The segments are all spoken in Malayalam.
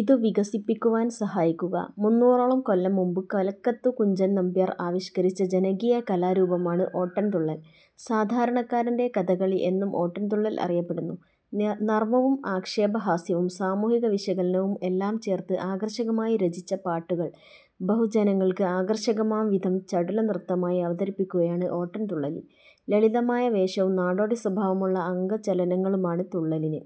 ഇതു വികസിപ്പിക്കുവാൻ സഹായിക്കുക. മുന്നുറോളം കൊല്ലംമുമ്പ് കലക്കത്തു കുഞ്ചൻ നമ്പ്യാർ ആവിഷ്കരിച്ച ജനകീയകലാരുപമാണ് ഓട്ടൻതുള്ളൽ. സാധാരണക്കാരന്റെ കഥകളി എന്നും ഓട്ടൻതുള്ളൽ അറിയപ്പെടുന്നു. നർമ്മവും ആക്ഷേപഹാസ്യവും സാമൂഹിക വിശകലനവും എല്ലാം ചേർത്ത് ആകർഷകമായി രചിച്ച പാട്ടുകൾ ബഹുജനങ്ങൾക്ക് ആകർഷകമാം വിധം ചടുല നൃത്തമായി അവതരിപ്പിക്കുകയാണ് ഓട്ടൻതുള്ളലിൽ. ലളിതമായ വേഷവും നാടോടി സ്വഭാവമുള്ള അംഗചലനങ്ങളുമാണ് തുള്ളലിന്.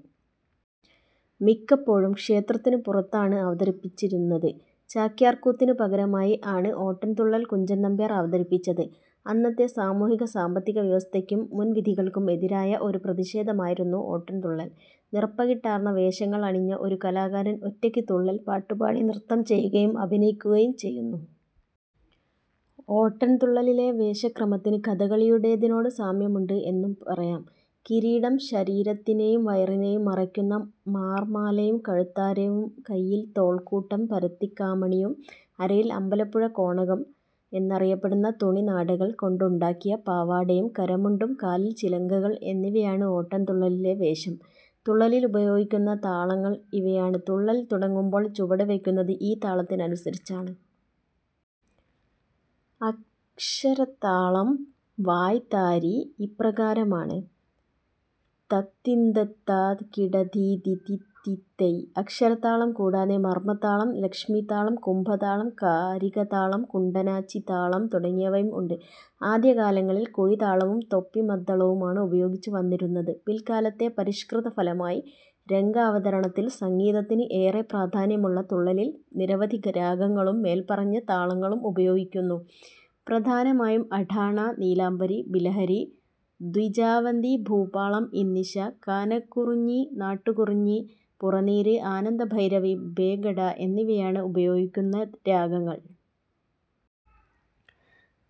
മിക്കപ്പോഴും ക്ഷേത്രത്തിനു പുറത്താണ് അവതരിപ്പിച്ചിരുന്നത്. ചാക്യാർ കൂത്തിനു പകരമായി ആണ് ഓട്ടൻതുള്ളൽ കുഞ്ചൻ നമ്പ്യാർ അവതരിപ്പിച്ചത്. അന്നത്തെ സാമൂഹിക സാമ്പത്തിക വ്യവസ്ഥയ്ക്കും മുൻവിധികൾക്കും എതിരായ ഒരു പ്രതിഷേധമായിരുന്നു ഓട്ടൻതുള്ളൽ. നിറപ്പകിട്ടാർന്ന വേഷങ്ങൾ അണിഞ്ഞ ഒരു കലാകാരൻ ഒറ്റയ്ക്ക് തുള്ളൽ പാട്ടുപാടി നൃത്തം ചെയ്യുകയും അഭിനയിക്കുകയും ചെയ്യുന്നു. ഓട്ടൻ തുള്ളലിലെ വേഷക്രമത്തിന് കഥകളിയുടേതിനോട് സാമ്യമുണ്ട് എന്നു പറയാം. കിരീടം, ശരീരത്തിനെയും വയറിനെയും മറയ്ക്കുന്ന മാർമാലയും കഴുത്താരവും കൈയ്യിൽ തോൾക്കൂട്ടം, പരത്തിക്കാമണിയും അരയിൽ 'അമ്പലപുഴ കോണകം' എന്നറിയപ്പെടുന്ന തുണിനാടകൾ കൊണ്ടുണ്ടാക്കിയ പാവാടയും കരമുണ്ടും കാലിൽ ചിലങ്കകൾ എന്നിവയാണ് ഓട്ടൻതുള്ളലിലെ വേഷം. തുള്ളലിൽ ഉപയോഗിയ്ക്കുന്ന താളങ്ങൾ ഇവയാണ് തുള്ളൽ തുടങ്ങുമ്പോൾ ചുവടുവെയ്ക്കുന്നത് ഈ താളത്തിനനുസരിച്ചാണ്. അക്ഷര താളം. വായ്ത്താരി ഇപ്രകാരമാണ്"തത്തിന്തത്താ കിടധീ ധിതി ത്തിത്തൈ" അക്ഷരതാളം കൂടാതെ മർമ്മ താളം, ലക്ഷ്മീ താളം, കുംഭ താളം, കാരികതാളം, കുണ്ടനാച്ചിതാളം തുടങ്ങിയവയും ഉണ്ട്. ആദ്യകാലങ്ങളിൽ കുഴിതാളവും തൊപ്പിമദ്ദളവുമാണ് ഉപയോഗിച്ചു വന്നിരുന്നത് പിൽക്കാലത്തെ പരിഷ്കൃതഫലമായി രംഗാവതരണത്തിൽ സംഗീതത്തിന് ഏറെപ്രാധാന്യമുള്ള തുള്ളലിൽ നിരവധി രാഗങ്ങളും മേൽപറഞ്ഞ താളങ്ങളും ഉപയോഗിയ്ക്കുന്നു. പ്രധാനമായും അഠാണ, നീലാംബരി, ബിലഹരി, ദ്വിജാവന്തി, ഭൂപാളം, ഇന്ദിശ, കാനക്കുറുഞ്ഞി, നാട്ടക്കുറുഞ്ഞി, പുറനീര്, ആനന്ദഭൈരവി, ബേഗഡ എന്നിവയാണ് ഉപയോഗിയ്ക്കുന്ന രാഗങ്ങൾ.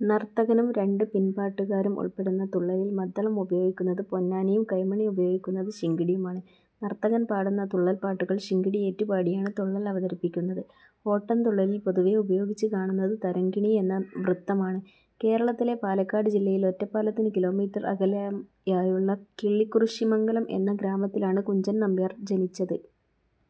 നർത്തകനും രണ്ട് പിൻപാട്ടുകാരും ഉൾപ്പെടുന്ന തുള്ളലിൽ മദ്ദളം ഉപയോഗിയ്ക്കുന്നത് പൊന്നാനിയും കൈമണി ഉപയോഗിയ്ക്കുന്നത് ശിങ്കിടിയുമാണ്. നർത്തകൻ പാടുന്ന തുള്ളൽപാട്ടുകൾ ശിങ്കിടി ഏറ്റുപാടിയാണ് തുള്ളൽ അവതരിപ്പിയ്ക്കുന്നത്. ഓട്ടൻ തുള്ളലിൽ പൊതുവേ ഉപയോഗിച്ച് കാണുന്നത് തരംഗിണി എന്ന വൃത്തമാണ്. കേരളത്തിലെ പാലക്കാട് ജില്ലയിൽ ഒറ്റപ്പാലത്തിന് കിലോമീറ്റർ അകലെയായുള്ള കിള്ളിക്കുറിശ്ശിമംഗലം എന്ന ഗ്രാമത്തിലാണ് കുഞ്ചൻ നമ്പ്യാർ ജനിച്ചത്.